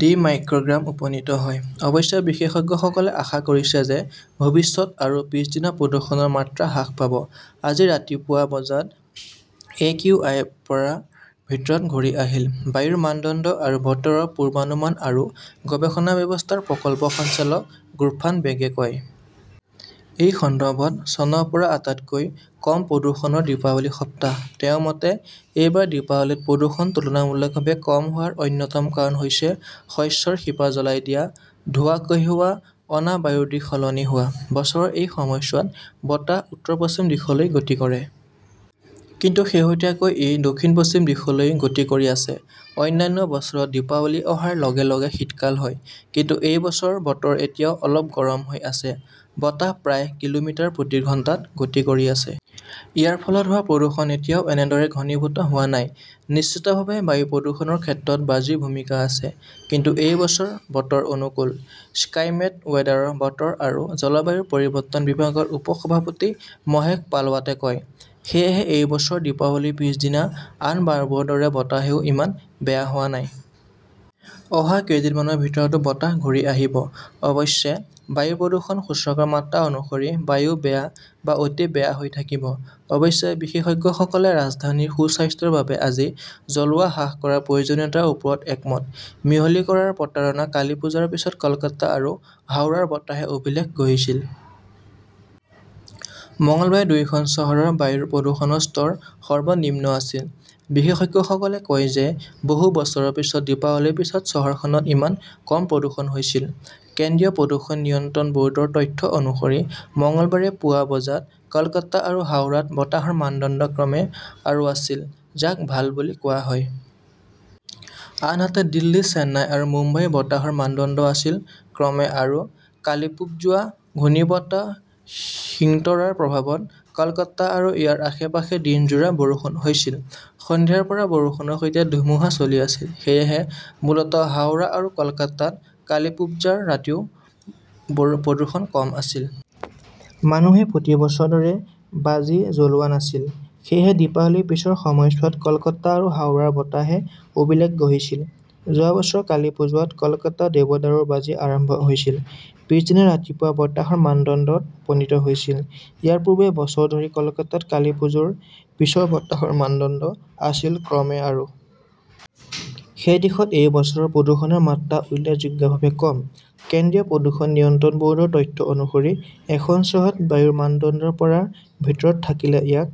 D. "Microgram উপনীত হয়। অৱশ্যে, বিশেষজ্ঞসকলে আশা কৰিছে যে ভৱিষ্যত আৰু পিছদিনা প্ৰদূষণৰ মাত্ৰা হ্ৰাস পাব। "আজি ৰাতিপুৱা বজাত একিউআই ৰ পৰা ৰ ভিতৰত ঘূৰি আছিল", বায়ুৰ মানদণ্ড আৰু বতৰৰ পূৰ্বানুমান আৰু গৱেষণা ব্যৱস্থাৰ প্ৰকল্প সঞ্চালক গুফ্ৰান বেগে কয়। এইটো সম্ভৱতঃ চনৰ পৰা আটাইতকৈ কম প্ৰদূষণৰ দীপাৱলী-সপ্তাহ। "তেওঁৰ মতে, এই বাৰ দীপাৱলীত প্ৰদূষণ তুলনামূলকভাৱে কম হোৱাৰ অন্যতম কাৰণ হৈছে শস্যৰ শিপা জ্বলাই দিয়া ধোঁৱা কঢ়িয়াই অনা বায়ুৰ দিশ সলনি হোৱা। বছৰৰ এই সময়ছোৱাত বতাহ উত্তৰ-পশ্চিম দিশলৈ গতি কৰে। কিন্তু শেহতীয়াকৈ ই দক্ষিণ-পশ্চিম দিশলৈ গতি কৰি আছে। অন্যান্য বছৰত দীপাৱলী অহাৰ লগে লগে শীতকাল হয়। কিন্তু এই বছৰ বতৰ এতিয়াও অলপ গৰম হৈ আছে। বতাহ প্ৰায় কিলোমিটাৰ প্ৰতি ঘণ্টাত গতি কৰি আছে। ইয়াৰ ফলত হোৱা প্ৰদূষণ এতিয়াও এনেদৰে ঘনীভূত হোৱা নাই। "নিশ্চিতভাৱে বায়ু প্ৰদূষণৰ ক্ষেত্ৰত বাজিৰ ভূমিকা আছে, কিন্তু এই বছৰ বতৰ অনুকূল", স্কাইমেট ৱেদাৰৰ বতৰ আৰু জলবায়ু পৰিৱৰ্তন বিভাগৰ উপ-সভাপতি মহেশ পালাৱাটে কয়। সেয়েহে এই বছৰ দীপাৱলীৰ পিছদিনা আন বাৰবোৰৰ দৰে বতাহও ইমান বেয়া হোৱা নাই। অহা কেইদিনমানৰ ভিতৰতো বতাহ ঘূৰি আহিব। অৱশ্যে, বায়ু প্ৰদূষণ সূচকৰ মাত্ৰা অনুসৰি বায়ু 'বেয়া "বা' অতি বেয়া" হৈ থাকিব। অৱশ্যে, বিশেষজ্ঞসকলে ৰাজধানীৰ সুস্বাস্থ্যৰ বাবে বাজি জ্বলোৱা হ্ৰাস কৰাৰ প্ৰয়োজনীয়তাৰ ওপৰত একমত। মিহলি কৰাৰ প্ৰতাৰণা কালীপুজাৰ পিছত কলকাতা আৰু হাওৰাৰ বতাহে অভিলেখ গঢ়িছিল। মঙলবাৰে দুয়োখন চহৰৰ বায়ুৰ প্ৰদূষণৰ স্তৰ সৰ্বনিম্ন আছিল। বিশেষজ্ঞসকলে কয় যে বহু বছৰৰ পিছত দীপাৱলীৰ পিছত চহৰখনত ইমান কম প্ৰদূষণ হৈছিল। কেন্দ্ৰীয় প্ৰদূষণ নিয়ন্ত্ৰণ ব "ৰ্ডৰ তথ্য অনুসৰি মঙলবাৰে পুৱা বজাত কলকাতা আৰু হাওৰাত বতাহৰ মানদণ্ড ক্ৰমে আৰু আছিল, যাক 'ভাল" বুলি কোৱা হয়। আনহাতে, দিল্লী, চেন্নাই আৰু মুম্বাইৰ বতাহৰ মানদণ্ড আছিল ক্ৰমে আৰু। কালিপ্পুজোৱা ঘূৰ্ণীবতাহ সিতৰাংৰ প্ৰভাৱত কলকাতা আৰু ইয়াৰ আশে-পাশে দিনজোৰা বৰষুণ হৈছিল। সন্ধিয়াৰ পৰা বৰষুণৰ সৈতে ধুমুহা চলি আছিল। সেয়েহে মূলতঃ হাওৰা আৰু কলকাতাত কালিপ্পুজাৰ ৰাতিও প্ৰদূষণ কম আছিল। মানুহে প্ৰতি বছৰৰ দৰে বাজি জ্বলোৱা নাছিল। সেয়েহে দীপাৱলীৰ পিছৰ সময়ছোৱাত কলকাতা আৰু হাওড়াৰ বতাহে অভিলেখ গঢ়িছিল। যোৱা বছৰ কালিপুজোৱাত কলকাতাত দেৱদাৰুৰ বাজি আৰম্ভ হৈছিল। পিছদিনা ৰাতিপুৱা বতাহৰ মানদণ্ড ত উপনীত হৈছিল। ইয়াৰ পূৰ্বে বছৰ ধৰি কলকাতাত কালীপুজোৰ পিছৰ বতাহৰ মানদণ্ড আছিল ক্ৰমে আৰু। সেই দিশত এই বছৰ প্ৰদূষণৰ মাত্ৰা উল্লেখযোগ্যভাৱে কম। কেন্দ্ৰীয় প্ৰদূষণ নিয়ন্ত্ৰণ ব "ৰ্ডৰ তথ্য অনুসৰি, এখন চহৰত বায়ুৰ মানদণ্ড ৰ পৰা ৰ ভিতৰত থাকিলে ইয়াক